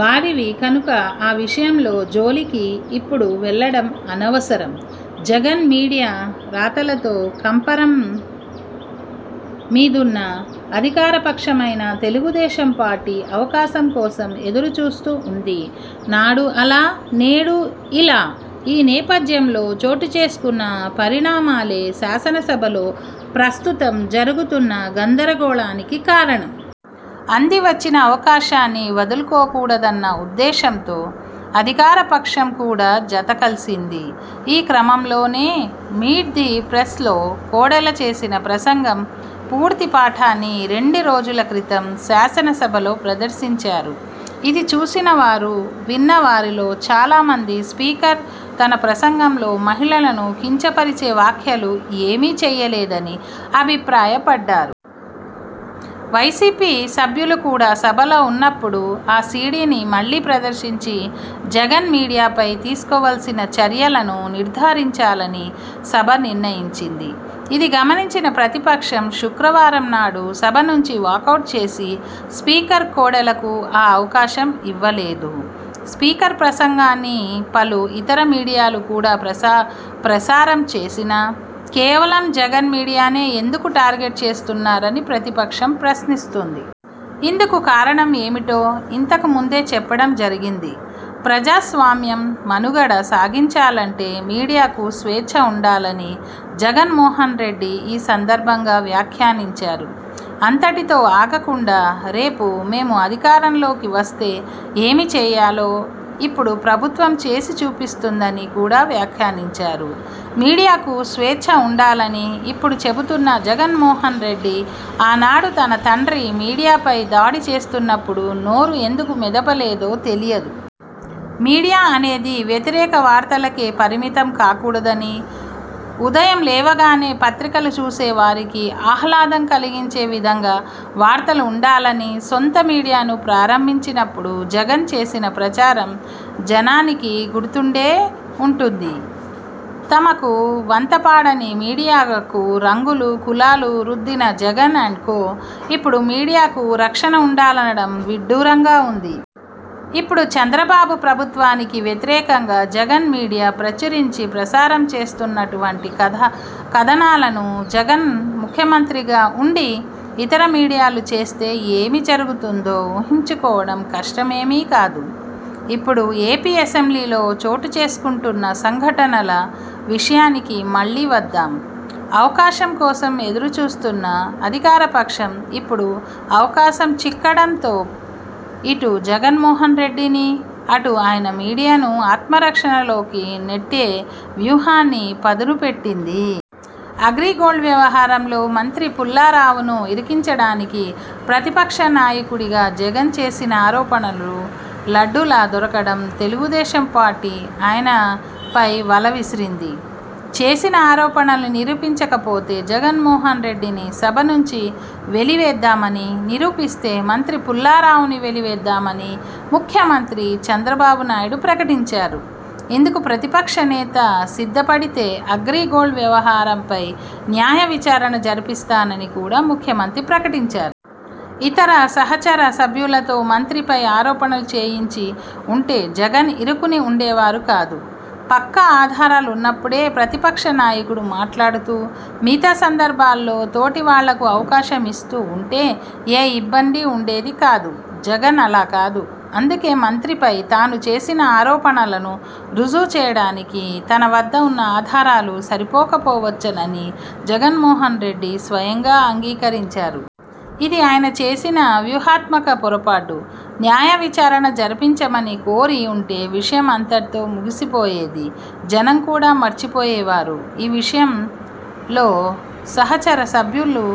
వారివి కనుక ఆ విషయం లో జోలికి ఇప్పుడు వెళ్లడం అనవసరం. జగన్ మీడియా రాతలతో కంపరం మీదున్న అధికారపక్షమైన తెలుగుదేశం పార్టీ అవకాశం కోసం ఎదురుచూస్తూ ఉంది. నాడు అలా.. నేడు ఇలా! ఈ నేపథ్యంలో చోటుచేసుకున్న పరిణామాలే శాసనసభలో ప్రస్తుతం జరుగుతున్న గందరగోళానికి కారణం. అంది వచ్చిన అవకాశాన్ని వదులుకోకూడదన్న ఉద్దేశంతో అధికారపక్షం కూడా జత కలిసింది. ఈ క్రమంలోనే మీట్ ది ప్రెస్లో కోడెల చేసిన ప్రసంగం పూర్తి పాఠాన్ని రెండు రోజుల క్రితం శాసనసభలో ప్రదర్శించారు. ఇది చూసినవారు, విన్న వారిలో చాలా మంది స్పీకర్ తన ప్రసంగంలో మహిళలను కించపరిచే వాఖ్యలు ఏమీ చేయలేదని అభిప్రాయపడ్డారు. వైసీపీ సభ్యులు కూడా సభలో ఉన్నప్పుడు ఆ సీడీని మళ్లీ ప్రదర్శించి జగన్ మీడియాపై తీసుకోవలసిన చర్యలను నిర్ధారించాలని సభ నిర్ణయించింది. ఇది గమనించిన ప్రతిపక్షం, శుక్రవారంనాడు సభ నుంచి వాకౌట్ చేసి స్పీకర్ కోడెలకు ఆ అవకాశం ఇవ్వలేదు. స్పీకర్ ప్రసంగాన్ని పలు ఇతర మీడియాలు కూడా ప్రసారం చేసినా కేవలం జగన్ మీడియానే ఎందుకు టార్గెట్ చేస్తున్నారని ప్రతిపక్షం ప్రశ్నిస్తోంది. ఇందుకు కారణం ఏమిటో ఇంతకు ముందే చెప్పడం జరిగింది. ప్రజాస్వామ్యం మనుగడ సాగించాలంటే మీడియాకు స్వేచ్ఛ ఉండాలని జగన్మోహన్రెడ్డి ఈ సందర్భంగా వ్యాఖ్యానించారు. అంతటితో ఆగకుండా రేపు మేము అధికారంలోకి వస్తే ఏమి చేయాలో ఇప్పుడు ప్రభుత్వం చేసి చూపిస్తోందని కూడా వ్యాఖ్యానించారు. మీడియాకు స్వేచ్ఛ ఉండాలని ఇప్పుడు చెబుతున్న జగన్మోహన్రెడ్డి, ఆనాడు తన తండ్రి మీడియాపై దాడి చేస్తున్నప్పుడు నోరు ఎందుకు మెదపలేదో తెలియదు. మీడియా అనేది వ్యతిరేక వార్తలకే పరిమితం కాకూడదనీ, ఉదయం లేవగానే పత్రికలు చూసేవారికి ఆహ్లాదం కలిగించే విధంగా వార్తలు ఉండాలనీ సొంత మీడియాను ప్రారంభించినప్పుడు జగన్ చేసిన ప్రచారం జనానికి గుర్తుండే ఉంటుంది. తమకు వంతపాడని మీడియాకు రంగులు, కులాలు రుద్దిన జగన్ అండ్ కో, ఇప్పుడు మీడియాకు రక్షణ ఉండాలనడం విడ్డూరంగా ఉంది. ఇప్పుడు చంద్రబాబు ప్రభుత్వానికి వ్యతిరేకంగా జగన్ మీడియా ప్రచురించి, ప్రసారం చేస్తున్నటువంటి కథనాలను జగన్ ముఖ్యమంత్రిగా ఉండి ఇతర మీడియాలు చేస్తే ఏమి జరుగుతుందో ఊహించుకోవడం కష్టమేమీ కాదు. ఇప్పుడు ఏపీ అసెంబ్లీలో చోటుచేసుకుంటున్న సంఘటనల విషయానికి మళ్లీ వద్దాం. అవకాశం కోసం ఎదురుచూస్తున్న అధికారపక్షం ఇప్పుడు అవకాశం చిక్కడంతో ఇటు జగన్మోహన్రెడ్డిని, అటు ఆయన మీడియాను ఆత్మరక్షణలోకి నెట్టే వ్యూహాన్ని పదును పెట్టింది. అగ్రి గోల్డ్ వ్యవహారంలో మంత్రి పుల్లారావును ఇరికించడానికి ప్రతిపక్ష నాయకుడిగా జగన్ చేసిన ఆరోపణలు లడ్డూలా దొరకడంతో తెలుగుదేశం పార్టీ ఆయనపై వల విసిరింది. చేసిన ఆరోపణలు నిరూపించకపోతే జగన్మోహన్రెడ్డిని సభ నుంచి వెలివేద్దామనీ, నిరూపిస్తే మంత్రి పుల్లారావును వెలివేద్దామనీ ముఖ్యమంత్రి చంద్రబాబునాయుడు ప్రకటించారు. ఇందుకు ప్రతిపక్ష నేత సిద్ధపడితే అగ్రి గోల్డ్ వ్యవహారంపై న్యాయ విచారణ జరిపిస్తానని కూడా ముఖ్యమంత్రి ప్రకటించారు. ఇతర సహచర సభ్యులతో మంత్రిపై ఆరోపణలు చేయించి ఉంటే జగన్ ఇరుక్కుని ఉండేవారు కాదు. పక్కా ఆధారాలు ఉన్నప్పుడే ప్రతిపక్ష నాయకుడు మాట్లాడుతూ, మిగతా సందర్భాలలో తోటివాళ్లకు అవకాశం ఇస్తూ ఉంటే ఏ ఇబ్బందీ ఉండేది కాదు. జగన్ అలా కాదు. అందుకే మంత్రిపై తాను చేసిన ఆరోపణలను రుజువు చేయడానికి తన వద్ద ఉన్న ఆధారాలు సరిపోకపోవచ్చునని జగన్మోహన్రెడ్డి స్వయంగా అంగీకరించారు. ఇది ఆయన చేసిన వ్యూహాత్మక పొరపాటు! న్యాయ విచారణ జరిపించమని కోరి ఉంటే విషయం అంతటితో ముగిసిపోయేది. జనం కూడా మర్చిపోయేవారు. ఈ విషయంలో సహచర సభ్యులు